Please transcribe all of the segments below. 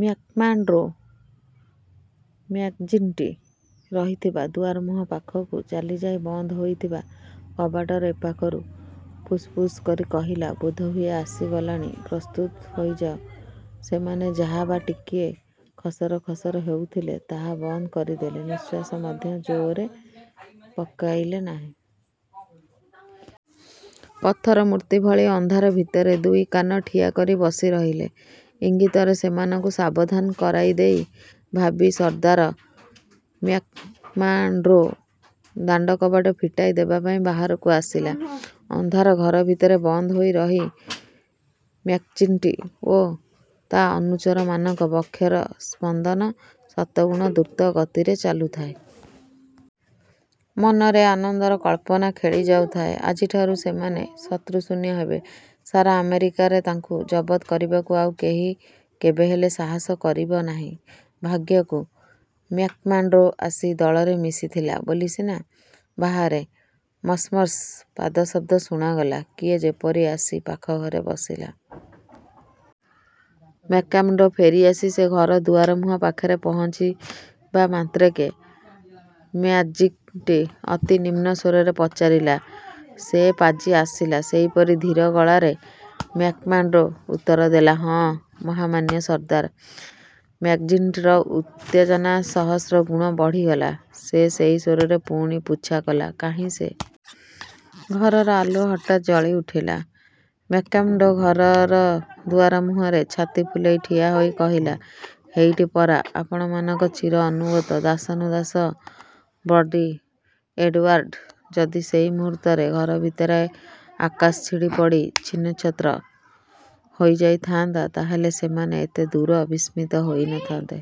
McMurdo McGinty ରହିଥିବା ଦୁଆରମୁହଁ ପାଖକୁ ଚାଲିଯାଇ ବନ୍ଦ ହୋଇଥିବା କବାଟର ଏପାଖରୁ ଫୁସ୍ ଫୁସ୍ କରି କହିଲା, ''ବୋଧହୁଏ ଆସିଗଲାଣି, ପ୍ରସ୍ତୁତ ହୋଇଯାଅ। '' ସେମାନେ ଯାହା ବା ଟିକିଏ ଖସରଖସର ହେଉଥିଲେ, ତାହା ବନ୍ଦ କରିଦେଲେ। ନିଃଶ୍ୱାସ ମଧ୍ୟ ଜୋର୍ରେ ପକାଇଲେ ନାହିଁ। ପଥର ମୂର୍ତ୍ତି ଭଳି ଅନ୍ଧାରଭିତରେ ଦୁଇ କାନ ଠିଆକରି ବସିରହିଲେ। ଇଙ୍ଗିତରେ ସେମାନଙ୍କୁ ସାବଧାନ କରାଇଦେଇ ଭାବୀ ସର୍ଦ୍ଦାର ମ୍ୟାକ୍ମାର୍ଡ଼ୋ ଦାଣ୍ଡକବାଟ ଫିଟାଇ ଦେବାପାଇଁ ବାହାରକୁ ଆସିଲା। ଅନ୍ଧାର ଘରଭିତରେ ବନ୍ଦହୋଇ ରହି ମ୍ୟାକ୍ଜିଣ୍ଟି ଓ ତା ଅନୁଚରମାନଙ୍କ ବକ୍ଷର ସ୍ପନ୍ଦନ ଶତଗୁଣ ଦ୍ରୁତଗତିରେ ଚାଲୁଥାଏ। ମନରେ ଆନନ୍ଦର କଳ୍ପନା ଖେଳିଯାଉଥାଏ। ଆଜିଠାରୁ ସେମାନେ ଶତ୍ରୁଶୂନ୍ୟ ହେବେ। ସାରା ଆମେରିକାରେ ତାଙ୍କୁ ଜବତ କରିବାକୁ ଆଉ କେହି କେବେ ହେଲେ ସାହସ କରିବ ନାହିଁ। ଭାଗ୍ୟକୁ ମ୍ୟାକ୍ମାର୍ଡ଼ୋ ଆସି ଦଳରେ ମିଶିଥିଲା ବୋଲି ସିନା! ବାହାରେ ମସ୍ମସ୍ ପାଦଶବ୍ଦ ଶୁଣାଗଲା। କିଏ ଯେପରି ଆସି ପାଖ ଘରେ ବସିଲା। ମ୍ୟାକ୍ମାର୍ଡ଼ୋ ଫେରିଆସି ସେ ଘର ଦୁଆରମୁହଁ ପାଖରେ ପହଞ୍ଚିବା ମାତ୍ରକେ ମ୍ୟାକ୍ଜିଣ୍ଟି ଅତି ନିମ୍ନ ସ୍ୱରରେ ପଚାରିଲା, 'ସେ ପାଜି ଆସିଲା? ' ସେହିପରି ଧୀର ଗଳାରେ ମ୍ୟାକ୍ମାର୍ଡ଼ୋ ଉତ୍ତରଦେଲା, ''ହଁ, ମହାମାନ୍ୟ ସର୍ଦ୍ଦାର। '' ମ୍ୟାକ୍ଜିଣ୍ଟିର ଉତ୍ତେଜନା ସହସ୍ର ଗୁଣ ବଢ଼ିଗଲା। ସେ ସେହି ସ୍ୱରରେ ପୁଣି ପୁଚ୍ଛାକଲା, ''କାହିଁ ସେ? '' ଘରର ଆଲୁଅ ହଠାତ୍ ଜଳିଉଠିଲା। ମ୍ୟାକ୍ମାର୍ଡ଼ୋ ଘରର ଦୁଆରମୁହଁରେ ଛାତି ଫୁଲେଇ ଠିଆହୋଇ କହିଲା, ''ହେଇଟି ପରା। ଆପଣମାନଙ୍କ ଚିର ଅନୁଗତ ଦାସାନୁଦାସ ବର୍ଡ଼ି ଏଡ଼ଓ୍ୟାର୍ଡ଼। '' ଯଦି ସେହି ମୁହୂର୍ତ୍ତରେ ଘରଭିତରେ ଆକାଶ ଛିଡ଼ି ପଡ଼ି ଛିନ୍ନଛତ୍ର ହୋଇଯାଇଥାଆନ୍ତା, ତା ହେଲେ ସେମାନେ ଏତେ ଦୂର ବିସ୍ମିତ ହୋଇ ନ ଥାନ୍ତେ।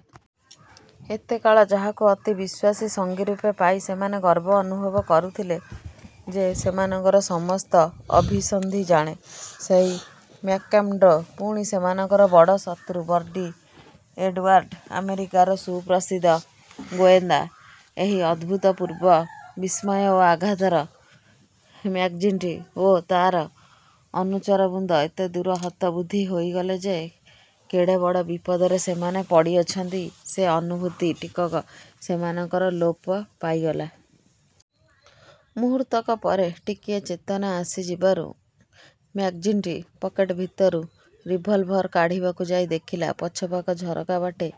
ଏତେ କାଳ ଯାହାକୁ ଅତି ବିଶ୍ୱାସୀ ସଙ୍ଗୀରୂପେ ପାଇ ସେମାନେ ଗର୍ବ ଅନୁଭବ କରୁଥିଲେ, ଯେ ସେମାନଙ୍କର ସମସ୍ତ ଅଭିସନ୍ଧି ଜାଣେ–ସେହି ମ୍ୟାକ୍ମାର୍ଡ଼ୋ ପୁଣି ସେମାନଙ୍କର ବଡ଼ ଶତ୍ରୁ ବର୍ଡ଼ି ଏଡ଼ଓ୍ୟାର୍ଡ଼; ଆମେରିକାର ସୁପ୍ରସିଦ୍ଧ ଗୋଏନ୍ଦା। ଏହି ଅଭୂତପୂର୍ବ ବିସ୍ମୟ ଓ ଆଘାତରେ ମ୍ୟାକ୍ଜିଣ୍ଟି ଓ ତାର ଅନୁଚରବୃନ୍ଦ ଏତେଦୂର ହତବୁଦ୍ଧି ହୋଇଗଲେ ଯେ, କେଡ଼େ ବଡ଼ ବିପଦରେ ସେମାନେ ପଡ଼ିଅଛନ୍ତି, ସେ ଅନୁଭୂତି ଟିକକ ସେମାନଙ୍କର ଲୋପପାଇଗଲା। ମୁହୂର୍ତ୍ତକ ପରେ ଟିକିଏ ଚେତନା ଆସିଯିବାରୁ ମ୍ୟାକ୍ଜିଣ୍ଟି ପକେଟ୍ ଭିତରୁ ରିଭଲଭର କାଢ଼ିବାକୁ ଯାଇ ଦେଖିଲା, ପଛ ପାଖ ଝରକା ବାଟେ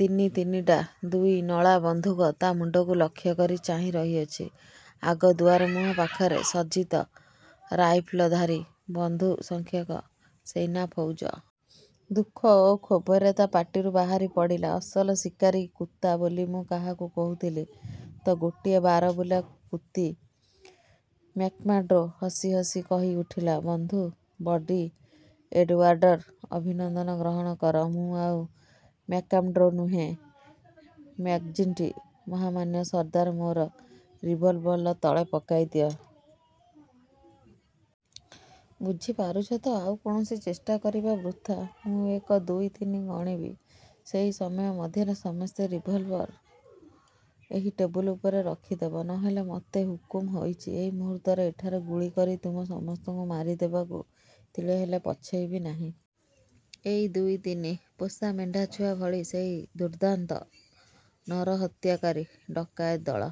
ତିନି ତିନିଟା ଦୁଇ ନଳା ବନ୍ଧୁକ ତା ମୁଣ୍ଡକୁ ଲକ୍ଷ୍ୟ କରି ଚାହିଁ ରହିଅଛି। ଆଗ ଦୁଆରମୁହଁ ପାଖରେ ସଜ୍ଜିତ ରାଇଫଲଧାରୀ ବହୁସଂଖ୍ୟକ ସୈନ୍ୟଫଉଜ। ଦୁଃଖ ଓ କ୍ଷୋଭରେ ତା ପାଟିରୁ ବାହାରିପଡ଼ିଲା, ''ଅସଲ ଶିକାରୀ କୁତ୍ତା ବୋଲି ମୁଁ କାହାକୁ କହୁଥିଲି? ଏ ତ ଗୋଟାଏ ବାରବୁଲା କୁତ୍ତୀ'' ମ୍ୟାକ୍ମାର୍ଡ଼ୋ ହସିହସି କହିଉଠିଲା, ''ବନ୍ଧୁ, ବର୍ଡ଼ି ଏଡ଼ଓ୍ୟାର୍ଡ଼ର ଅଭିନନ୍ଦନ ଗ୍ରହଣ କର। ମୁଁ ଆଉ ମ୍ୟାକ୍ମାର୍ଡ଼ୋ ନୁହେ। ମ୍ୟାକ୍ଜିଣ୍ଟି ମହାମାନ୍ୟ ସର୍ଦ୍ଦାର ମୋର, ରିଭଲଭର ତଳେ ପକାଇଦିଅ। ବୁଝିପାରୁଛ ତ, ଆଉ କୌଣସି ଚେଷ୍ଟା କରିବା ବୃଥା। ମୁଁ ଏକ, ଦୁଇ, ତିନି ଗଣିବି। ସେହି ସମୟ ମଧ୍ୟରେ ସମସ୍ତେ ରିଭଲଭର ଏହି ଟେବୁଲ ଉପରେ ରଖିଦେବ। ନ ହେଲେ ମୋତେ ହୁକୁମ ହୋଇଛି, ଏଇ ମୁହୂର୍ତ୍ତରେ ଏଠାରେ ଗୁଳିକରି ତୁମ ସମସ୍ତଙ୍କୁ ମାରିଦେବାକୁ ତିଳେ ହେଲେ ପଛେଇବି ନାହିଁ। '' ''ଏକ, ଦୁଇ ତିନି। '' ପୋଷା ମେଣ୍ଢାଛୁଆ ଭଳି ସେହି ଦୁର୍ଦ୍ଦାନ୍ତ ନରହତ୍ୟାକାରୀ ଡକାୟତଦଳ